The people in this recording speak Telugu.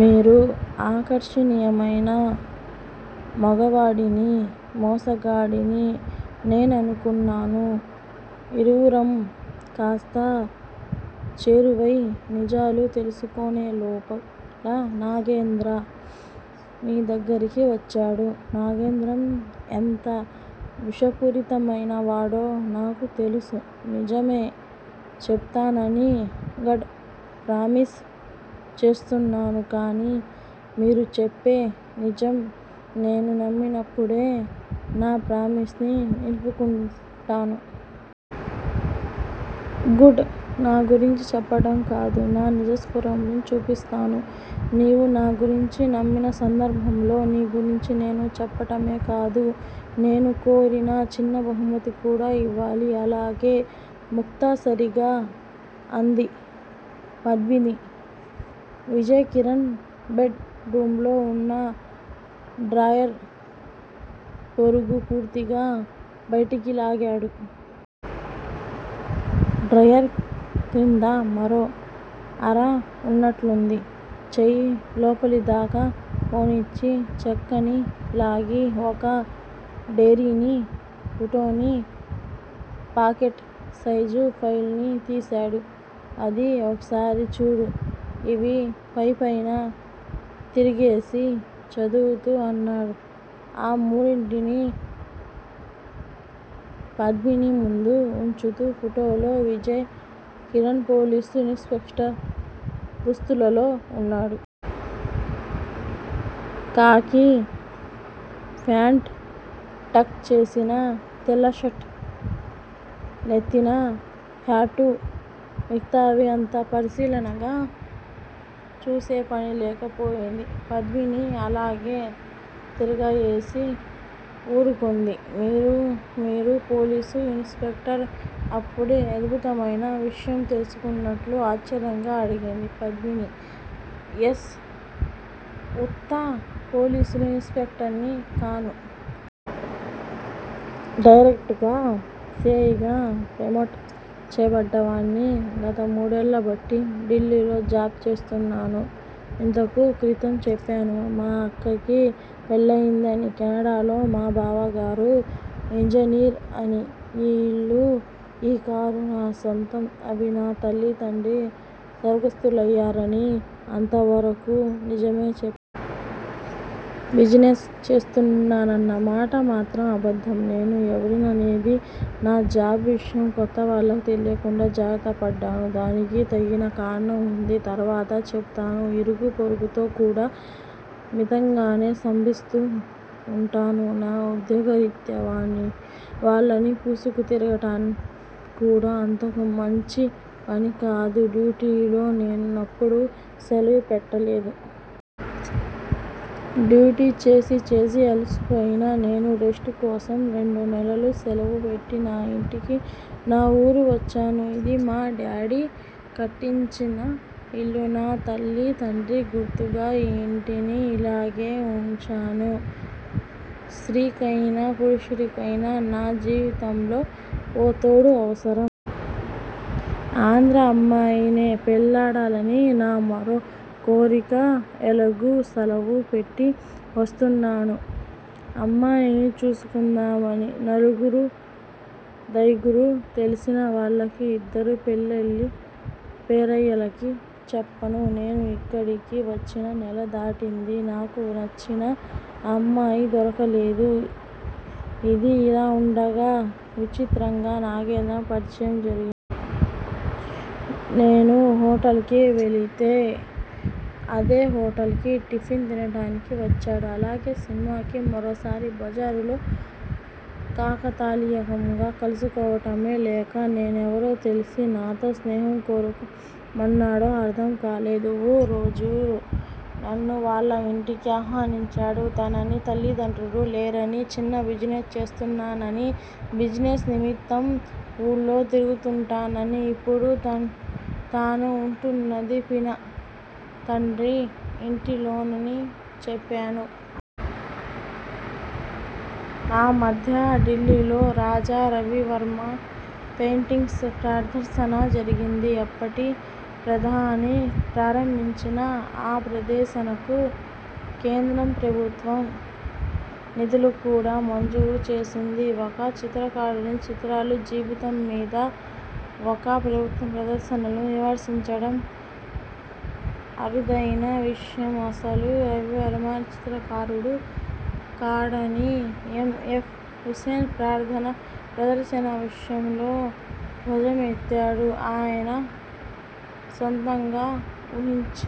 మీరు ఆకర్షణీయమైన మొగవాడని, మోసగాడని నేననుకున్నాను. ఇరువురం కాస్త చేరువై నిజాలు తెలుసుకునేలోపల నాగేంద్రం మీదగ్గరికి వచ్చాడు. నాగేంద్రం ఎంత విషపూరితమైనవాడో నాకు తెలుసు. నిజమే చెబుతానని గాడ్ ప్రామిస్ చేస్తున్నాను. కాని మీరు చెప్పే నిజం నేను నమ్మినప్పుడే నా ప్రామిస్ ని నిలుపుకుంటాను. గుడ్. నా గురించి చెప్పటం కాదు. నా నిజస్వరూపం చూపిస్తాను. నీవు నా గురించి నమ్మిన సందర్భంలో నీ గురించి నిజం చెప్పటమే కాదు. నేను కోరిన చిన్న బహుమతి కూడా యివ్వాలి. అలాగే ముక్తసరిగ అంది పద్మిని. విజయ్ కిరణ్ బెడ్ రూములో వున్న డ్రాయర్ పొరుగు పూర్తిగా బయటికి లాగాడు. డ్రాయర్ క్రింద మరో అర వున్నట్లుంది. చేయి లోపలిదాక పోనిచ్చి చెక్కని లాగి ఒక డైరీని ఫోటోని పాకెట్ సైజు ఫైల్ ని తీశాడు. ఇది ఒక్కసారి చూడు. ఇవి పైపైన తిరగేసి చదువు. అన్నాడు ఆ మూడింటిని పద్మిని ముందు వుంచుతూ. ఫోటోలో Vijay Kiran police inspector దుస్తులలో వున్నాడు. కాకీ ప్యాంటు టక్ చేసిన తెల్ల షర్టు నెత్తిన హ్యాటు మిగతావి అంత పరిశీలనగా చూసేపని లేకపోయింది పద్మిని. అలాగే తిరగేసి వూరుకుంది. మీరు మీరు పోలీసు ఇన్ స్పెక్టర్ అప్పుడే అద్భుతమైన విషయం తెలుసుకున్నట్లు ఆశ్చర్యంగా అడిగింది పద్మిని. ఎస్ ఉత్త పోలీసు ఇన్ స్పెక్టర్ ని కాను. డైరెక్టుగ సి. ఐ. గా ప్రమోట్ చేయబడ్డవాణ్ని. గతమూడేళ్ళబట్టి ఢిల్లీలో జాబ్ చేస్తున్నాను. ఇంతకు క్రితం చెప్పాను. మా అక్కకి పెళ్ళయిందని కెనడాలో మా బావగారు ఇంజనీర్ అని ఈ యిల్లు ఈ కారు నా సొంతం అని నా తల్లి తండ్రి స్వర్గస్తులయారని అంతవరకు నిజమే బిజినెస్ చేస్తున్నానన్నమాట మాత్రం అబద్ధం నేను ఎవరిననేది నా జాబ్ విషయం కొత్తవాళ్ళకి తెలియకుండా జాగ్రత్తపడ్డాను. దానికి తగిన కారణం వుంది తర్వాత చెబుతాను. ఇరుగు పొరుగుతో కూడా మితంగానే స్తంభిస్తూ వుంటాను. నా ఉద్యోగరీత్యా వాళ్ళనీ పూసుకు తిరగటం కూడా అంతమంచి పనికాదు. డ్యూటీలో నేనెప్పుడూ సెలవు పెట్టలేదు. డ్యూటీ చేసి చేసి అలసిపోయిన నేను రెస్టు కోసం రెండు నెలలు సెలవు పెట్టి నా యింటికి నా వూరు వచ్చాను. ఇది మా డాడీ కట్టించిన ఇల్లు. నా తల్లీ తండ్రి గుర్తుగా ఈ యింటిని ఇలాగే వుంచాను. స్త్రీకైనా పురుషుడికైనా నా జీవితంలో ఒకతోడు అవసరం. ఆంధ్రా అమ్మాయినే పెళ్ళాడాలని నా మరో కోరిక. ఎలాగూ శలవు పెట్టి వస్తున్నాను. అమ్మాయిని చూసుకుందామని నలుగురైదుగురు తెలిసిన వాళ్ళకి ఇద్దరు పెళ్ళిళ్ళ పేరయ్యలకి చెప్పాను. నేను ఇక్కడికి వచ్చి నెలదాటింది. నాకు నచ్చిన అమ్మాయి దొరకలేదు. ఇది యిలా వుండగా విచిత్రంగా నాగేంద్రం పరిచయం జరిగింది. నేను హోటల్ కి వెళితే అదే హోటల్ కి టిఫిన్ తినటానికి వచ్చాడు. అలాగే సినిమాకి. మరోసారి బజారులో కాకతాళీయంగా కలుసుకోటమో లేక నేనెవరో తెలిసి నాతో స్నేహం కోరుమన్నాడో అర్ధం కాలేదు. ఓరోజు నన్ను వాళ్ళ యింటికి ఆహ్వానించాడు. తన తల్లిదండ్రి లేరని చిన్న బిజినెస్ చేస్తున్నానని బిజినెస్ నిమిత్తం వూళ్ళు తిరుగుతుంటానని ఇప్పుడు తను వుంటున్నది పినతండ్రి ఇంటిలోనని చెప్పాడు. ఆ మధ్య ఢిల్లీలో రాజా రవివర్మ పెయింటింగ్స్ ప్రదర్శన జరిగింది. అప్పటి ప్రధాని ప్రారంభించిన ఆ ప్రదర్శనకు కేంద్ర ప్రభుత్వం నిధులు కూడా మంజూరు చేసింది. ఒక చిత్రకారుడి చిత్రాలు జీవితం మీద ఒక ప్రభుత్వం ప్రదర్శన నిర్వహించడం అరుదైన విషయం. అసలు రవివర్మ చిత్రకారుడు కాడని ఎమ్. ఎఫ్. హుస్సేన్ ప్రదర్శన విషయంలో ధ్వజం ఎత్తాడు. ఆయన సొంతంగా ఊహించి